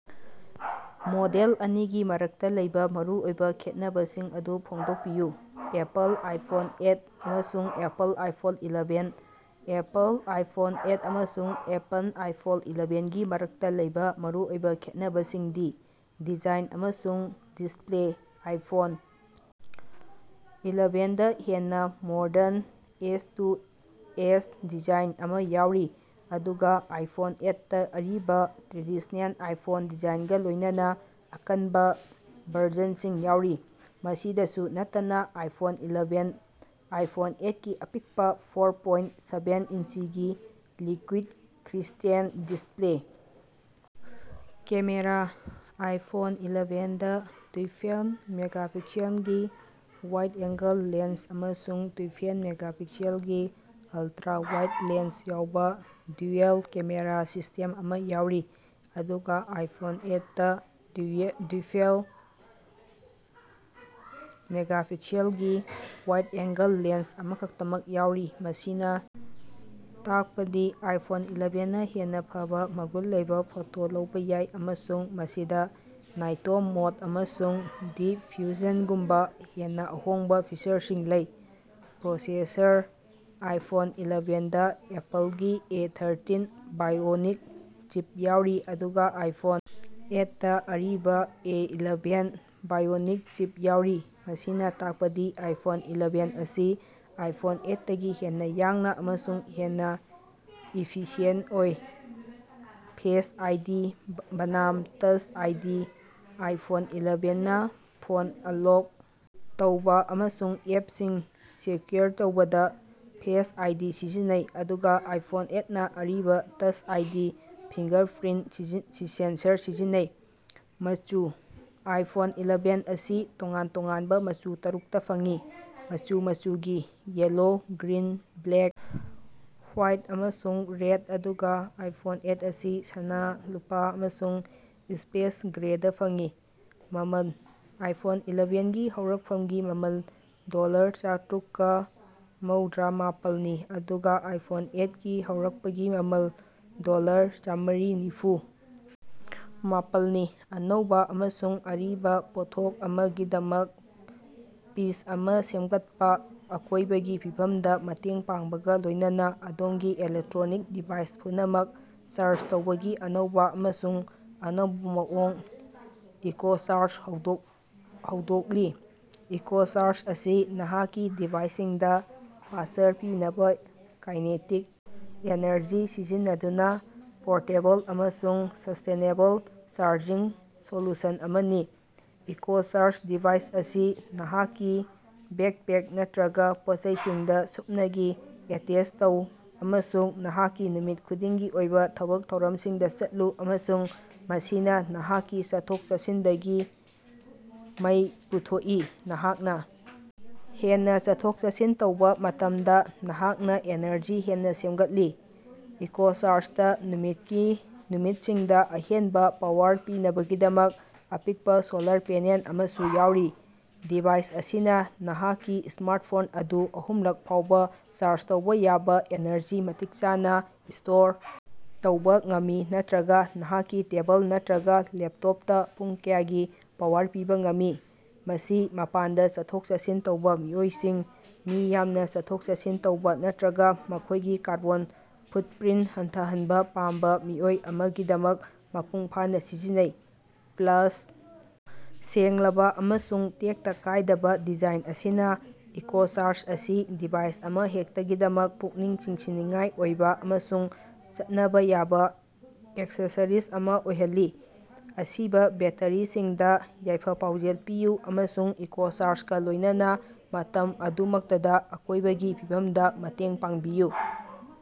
Model ꯑꯅꯤꯒꯤ ꯃꯔꯛꯇ ꯂꯩꯕ ꯃꯔꯨꯑꯣꯏꯕ ꯈꯦꯠꯅꯕꯁꯤꯡ ꯑꯗꯨ ꯐꯣꯡꯗꯣꯛꯄꯤꯌꯨ, ꯑꯦꯄꯜ ꯑꯥꯏꯐꯣꯟ ꯑꯦꯠ ꯑꯃꯁꯨꯡ Apple iPhone eleven. Apple iPhone eight ꯑꯃꯁꯨꯡ ꯑꯦꯄꯜ ꯑꯥꯏꯐꯣꯟ ꯏꯂꯥꯚꯦꯟꯒꯤ ꯃꯔꯛꯇ ꯂꯩꯕ ꯃꯔꯨꯑꯣꯏꯕ ꯈꯦꯠꯅꯕꯁꯤꯡꯗꯤ - ꯗꯤꯖꯥꯏꯟ ꯑꯃꯁꯨꯡ ꯗꯤꯁꯄ꯭ꯂꯦ - ꯑꯥꯏꯐꯣꯟ ꯏꯂꯥꯚꯦꯟꯗꯥ ꯍꯦꯟꯅ ꯃꯣꯗ꯭ꯔꯟ, ꯑꯦꯖ-ꯇꯨ-ꯑꯦꯖ ꯗꯤꯖꯥꯏꯟ ꯑꯃ ꯌꯥꯎꯔꯤ, ꯑꯗꯨꯒ ꯑꯥꯏꯐꯣꯟ ꯑꯦꯠ ꯇꯥ ꯑꯔꯤꯕ, ꯇ꯭ꯔꯦꯗꯤꯁ꯭ꯅꯦꯜ ꯑꯥꯏꯐꯣꯟ ꯗꯤꯖꯥꯏꯟꯒ ꯂꯣꯏꯅꯅꯥ ꯑꯀꯟꯕ ꯕꯔꯖꯟꯁꯤꯡ ꯌꯥꯎꯔꯤ꯫ ꯃꯁꯤꯗꯁꯨ ꯅꯠꯇꯅꯥ ꯑꯥꯏꯐꯣꯟ ꯏꯂꯥꯚꯦꯟꯗꯥ ꯑꯥꯏꯐꯣꯟ ꯑꯦꯠꯀꯤ ꯑꯄꯤꯛꯄ, ꯐꯣꯔ ꯄꯣꯏꯟ ꯁꯥꯚꯦꯟ ꯏꯟꯆꯤꯒꯤ liquid crystal display camera - iPhone ꯏꯂꯥꯚꯦꯟꯗꯥ ꯇꯨꯏꯋ꯭ꯐꯦꯜ ꯃꯦꯒꯥꯄꯤꯛꯁꯦꯜꯒꯤ ꯋꯥꯏꯗ ꯑꯦꯡꯒꯜ ꯂꯦꯟꯁ ꯑꯃꯁꯨꯡ ꯇꯨꯏꯋ꯭ꯐꯦꯜ ꯃꯦꯒꯥꯄꯤꯛꯁꯦꯜꯒꯤ ꯑꯜꯇꯔꯥ ꯋꯥꯏꯗ ꯂꯦꯟꯁ ꯌꯥꯎꯕ ꯗ꯭ꯌꯨꯑꯦꯜ ꯀꯦꯃꯦꯔꯥ ꯁꯤꯁꯇꯦꯝ ꯑꯃ ꯌꯥꯎꯔꯤ, ꯑꯗꯨꯒ ꯑꯥꯏꯐꯣꯟ ꯑꯦꯠ ꯇꯥ ꯇꯨꯏꯋ꯭ꯐꯦꯜ ꯃꯦꯒꯥꯄꯤꯛꯁꯦꯜꯒꯤ ꯋꯥꯏꯗ ꯑꯦꯡꯒꯜ ꯂꯦꯟꯁ ꯑꯃꯈꯛꯇꯃꯛ ꯌꯥꯎꯔꯤ꯫ ꯃꯁꯤꯅ ꯇꯥꯛꯄꯗꯤ ꯑꯥꯏꯐꯣꯟ ꯏꯂꯥꯚꯦꯟꯅꯥ ꯍꯦꯟꯅ ꯐꯕꯥ ꯃꯒꯨꯟ ꯂꯩꯕ ꯐꯣꯇꯣ ꯂꯧꯕ ꯌꯥꯏ ꯑꯃꯁꯨꯡ ꯃꯁꯤꯗ ꯅꯥꯏꯇꯣꯝ ꯃꯣꯗ ꯑꯃꯁꯨꯡ ꯗꯤꯞ ꯐ꯭ꯌꯨꯖꯟꯒꯨꯝꯕ ꯍꯦꯟꯅ ꯑꯍꯣꯡꯕ ꯐꯤꯆꯔꯁꯤꯡ ꯂꯩ꯫ ꯄ꯭ꯔꯣꯁꯦꯁꯔ - ꯑꯥꯏꯐꯣꯟ ꯏꯂꯥꯚꯦꯟꯗꯥ ꯑꯦꯄꯜꯒꯤ ꯑꯦ ꯊ꯭ꯔꯥꯇꯤꯟ ꯕꯥꯏꯑꯣꯅꯤꯛ ꯆꯤꯞ ꯌꯥꯎꯔꯤ, ꯑꯗꯨꯒ ꯑꯥꯏꯐꯣꯟ ꯑꯦꯠ ꯇꯥ ꯑꯔꯤꯕ ꯑꯦ ꯏꯂꯥꯚꯦꯟ ꯕꯥꯏꯑꯣꯅꯤꯛ ꯆꯤꯞ ꯌꯥꯎꯔꯤ꯫ ꯃꯁꯤꯅ ꯇꯥꯛꯄꯗꯤ ꯑꯥꯏꯐꯣꯟ ꯏꯂꯥꯚꯦꯟ ꯑꯁꯤ ꯑꯥꯏꯐꯣꯟ ꯑꯦꯠ ꯇꯒꯤ ꯍꯦꯟꯅ ꯌꯥꯡꯅ ꯑꯃꯁꯨꯡ ꯍꯦꯟꯅ ꯏꯐꯤꯁꯤꯌꯦꯟꯇ ꯑꯣꯏ꯫ ꯐꯦꯁ ꯑꯥꯏꯗꯤ ꯕꯅꯥꯝ ꯇꯆ ꯑꯥꯏꯗꯤ - ꯑꯥꯏꯐꯣꯟ ꯏꯂꯥꯚꯦꯟ ꯅꯥ ꯐꯣꯟ ꯑꯟꯂꯣꯛ ꯇꯧꯕ ꯑꯃꯁꯨꯡ ꯑꯦꯞꯁꯤꯡ ꯁꯦꯀ꯭ꯌꯨꯔ ꯇꯧꯕꯗ ꯐꯦꯁ ꯑꯥꯏꯗꯤ ꯁꯤꯖꯤꯟꯅꯩ, ꯑꯗꯨꯒ ꯑꯥꯏꯐꯣꯟ ꯑꯦꯠ ꯅꯥ ꯑꯔꯤꯕ ꯇꯆ ꯑꯥꯏꯗꯤ ꯐꯤꯡꯒꯔꯄ꯭ꯔꯤꯟꯇ ꯁꯦꯟꯁꯔ ꯁꯤꯖꯤꯟꯅꯩ꯫ ꯃꯆꯨ - ꯑꯥꯏꯐꯣꯟ ꯏꯂꯥꯚꯦꯟ ꯑꯁꯤ ꯇꯣꯉꯥꯟ ꯇꯣꯉꯥꯟꯕ ꯃꯆꯨ ꯇꯔꯨꯛꯇꯥ ꯐꯪꯏ, ꯃꯆꯨ ꯃꯆꯨꯒꯤ, ꯌꯦꯜꯂꯣ, ꯒ꯭ꯔꯤꯟ, ꯕ꯭ꯂꯦꯛ, ꯍꯣꯋꯥꯏꯠ ꯑꯃꯁꯨꯡ ꯔꯦꯗ, ꯑꯗꯨꯒ ꯑꯥꯏꯐꯣꯟ ꯑꯦꯠ ꯑꯁꯤ ꯁꯅꯥ, ꯂꯨꯄꯥ ꯑꯃꯁꯨꯡ ꯁ꯭ꯄꯦꯁ ꯒ꯭ꯔꯦꯗꯥ ꯐꯪꯏ꯫ ꯃꯃꯜ - ꯑꯥꯏꯐꯣꯟ ꯏꯂꯥꯚꯦꯟ ꯒꯤ ꯍꯧꯔꯛꯐꯝꯒꯤ ꯃꯃꯜ ꯗꯣꯂꯔ ꯆꯇ꯭ꯔꯨꯛꯀ ꯃꯧꯗ꯭ꯔꯥ ꯃꯄꯜꯅꯤ, ꯑꯗꯨꯒ ꯑꯥꯏꯐꯣꯟ ꯑꯦꯠ ꯒꯤ ꯍꯧꯔꯛꯄꯒꯤ ꯃꯃꯜ ꯗꯣꯂꯔ ꯆꯥꯃ꯭ꯔꯤ ꯅꯤꯐꯨ ꯃꯄꯜꯅꯤ꯫ ꯑꯅꯧꯕ ꯑꯃꯁꯨꯡ ꯑꯔꯤꯕ ꯄꯣꯠꯊꯣꯛ ꯑꯃꯒꯤꯗꯃꯛ ꯄꯤꯆ ꯑꯃ ꯁꯦꯝꯒꯠꯄ꯫ ꯑꯀꯣꯏꯕꯒꯤ ꯐꯤꯕꯝꯗ ꯃꯇꯦꯡ ꯄꯥꯡꯕꯒ ꯂꯣꯏꯅꯅ ꯑꯗꯣꯝꯒꯤ ꯏꯂꯦꯛꯇ꯭ꯔꯣꯅꯤꯛ ꯗꯤꯚꯥꯏꯁ ꯄꯨꯝꯅꯃꯛ ꯆꯥꯔꯖ ꯇꯧꯕꯒꯤ ꯑꯅꯧꯕ ꯑꯃꯁꯨꯡ ꯑꯅꯧꯕ ꯃꯑꯣꯡ ꯏꯀꯣꯆꯥꯔꯖ ꯍꯧꯗꯣꯛꯂꯤ꯫ ꯏꯀꯣꯆꯥꯔꯖ ꯑꯁꯤ ꯅꯍꯥꯛꯀꯤ ꯗꯤꯚꯥꯏꯁꯁꯤꯡꯗ ꯄꯥꯋꯔ ꯄꯤꯅꯕꯥ ꯀꯥꯏꯅꯦꯇꯤꯛ ꯑꯦꯅꯔꯖꯤ ꯁꯤꯖꯤꯟꯅꯗꯨꯅ ꯄꯣꯔꯇꯦꯕꯜ ꯑꯃꯁꯨꯡ ꯁꯁꯇꯦꯅꯦꯕꯜ ꯆꯥꯔꯖꯤꯡ ꯁꯣꯂꯨꯁꯟ ꯑꯃꯅꯤ꯫ ꯏꯀꯣꯆꯥꯔꯖ ꯗꯤꯚꯥꯏꯁ ꯑꯁꯤ ꯅꯍꯥꯛꯀꯤ ꯕꯦꯛꯄꯦꯛ ꯅꯠꯇꯔꯒ ꯄꯣꯠꯆꯩꯁꯤꯡꯗ ꯁꯨꯞꯅꯒꯤ ꯑꯦꯇꯦꯆ ꯇꯧ ꯑꯃꯁꯨꯡ ꯅꯍꯥꯛꯀꯤ ꯅꯨꯃꯤꯠ ꯈꯨꯗꯤꯡꯒꯤ ꯑꯣꯏꯕ ꯊꯕꯛ ꯊꯧꯔꯝꯁꯤꯡꯗ ꯆꯠꯂꯨ, ꯑꯃꯁꯨꯡ ꯃꯁꯤꯅ ꯅꯍꯥꯛꯀꯤ ꯆꯠꯊꯣꯛ-ꯆꯠꯁꯤꯟꯗꯒꯤ ꯃꯩ ꯄꯨꯊꯣꯛꯏ꯫ ꯅꯍꯥꯛꯅ ꯍꯦꯟꯅ ꯆꯠꯊꯣꯛ-ꯆꯠꯁꯤꯟ ꯇꯧꯕ ꯃꯇꯝꯗ, ꯅꯍꯥꯛꯅ ꯏꯅꯔꯖꯤ ꯍꯦꯟꯅ ꯁꯦꯝꯒꯠꯂꯤ꯫ ꯏꯀꯣꯆꯥꯔꯖꯇꯥ ꯅꯨꯃꯤꯠꯀꯤ ꯅꯨꯃꯤꯠꯁꯤꯡꯗ ꯑꯍꯦꯟꯕ ꯄꯥꯋꯔ ꯄꯤꯅꯕꯒꯤꯗꯃꯛ ꯑꯄꯤꯛꯄ ꯁꯣꯂꯥꯔ ꯄꯦꯅꯦꯜ ꯑꯃꯁꯨ ꯌꯥꯎꯔꯤ꯫ ꯗꯤꯚꯥꯏꯁ ꯑꯁꯤꯅ ꯅꯍꯥꯛꯀꯤ ꯁ꯭ꯃꯥꯔꯠꯐꯣꯟ ꯑꯗꯨ ꯑꯍꯨꯝꯂꯛ ꯐꯥꯎꯕ ꯆꯥꯔꯖ ꯇꯧꯕ ꯌꯥꯕ ꯑꯦꯅꯔꯖꯤ ꯃꯇꯤꯛ ꯆꯥꯅ ꯁ꯭ꯇꯣꯔ ꯇꯧꯕ ꯉꯝꯃꯤ ꯅꯠꯇꯔꯒ ꯅꯍꯥꯛꯀꯤ ꯇꯦꯕꯜ ꯅꯠꯇꯔꯒ ꯂꯦꯞꯇꯣꯞꯇ ꯄꯨꯡ ꯀꯌꯥꯒꯤ ꯄꯥꯋꯔ ꯄꯤꯕ ꯉꯝꯃꯤ꯫ ꯃꯁꯤ ꯃꯄꯥꯟꯗ ꯆꯠꯊꯣꯛ-ꯆꯠꯁꯤꯟ ꯇꯧꯕ ꯃꯤꯑꯣꯏꯁꯤꯡ, ꯃꯤ ꯌꯥꯝꯅ ꯆꯠꯊꯣꯛ-ꯆꯠꯁꯤꯟ ꯇꯧꯕ ꯅꯠꯇꯔꯒ ꯃꯈꯣꯏꯒꯤ ꯀꯥꯔꯕꯣꯟ ꯐꯨꯠꯄ꯭ꯔꯤꯟꯇ ꯍꯟꯊꯍꯟꯕ ꯄꯥꯝꯕ ꯃꯤꯑꯣꯏ ꯑꯃꯒꯤꯗꯃꯛ ꯃꯄꯨꯡ ꯐꯥꯅ ꯁꯤꯖꯤꯟꯅꯩ꯫ ꯄ꯭ꯂꯥꯁ, ꯁꯦꯡꯂꯕꯥ ꯑꯃꯁꯨꯡ ꯇꯦꯛꯇ ꯀꯥꯏꯗꯕꯥ ꯗꯤꯖꯥꯏꯟ ꯑꯁꯤꯅ ꯏꯀꯣꯆꯥꯔꯖ ꯑꯁꯤ ꯗꯤꯚꯥꯏꯁ ꯑꯃꯍꯦꯛꯇꯒꯤꯗꯃꯛ ꯄꯨꯛꯅꯤꯡ ꯆꯤꯡꯁꯤꯟꯅꯤꯡꯉꯥꯏ ꯑꯣꯏꯕ ꯑꯃꯁꯨꯡ ꯆꯠꯅꯕ ꯌꯥꯕ ꯑꯦꯛꯁꯦꯁꯔꯤꯖ ꯑꯃ ꯑꯣꯏꯍꯜꯂꯤ꯫ ꯑꯁꯤꯕ ꯕꯦꯠꯇꯔꯤꯁꯤꯡꯗ ꯌꯥꯏꯐ-ꯄꯥꯎꯖꯦꯜ ꯄꯤꯌꯨ ꯑꯃꯁꯨꯡ ꯏꯀꯣꯆꯥꯔꯖꯒꯥ ꯂꯣꯏꯅꯅꯥ ꯃꯇꯝ ꯑꯗꯨꯃꯛꯇꯗꯥ ꯑꯀꯣꯏꯕꯒꯤ ꯐꯤꯕꯝꯗ ꯃꯇꯦꯡ ꯄꯥꯡꯕꯤꯌꯨ꯫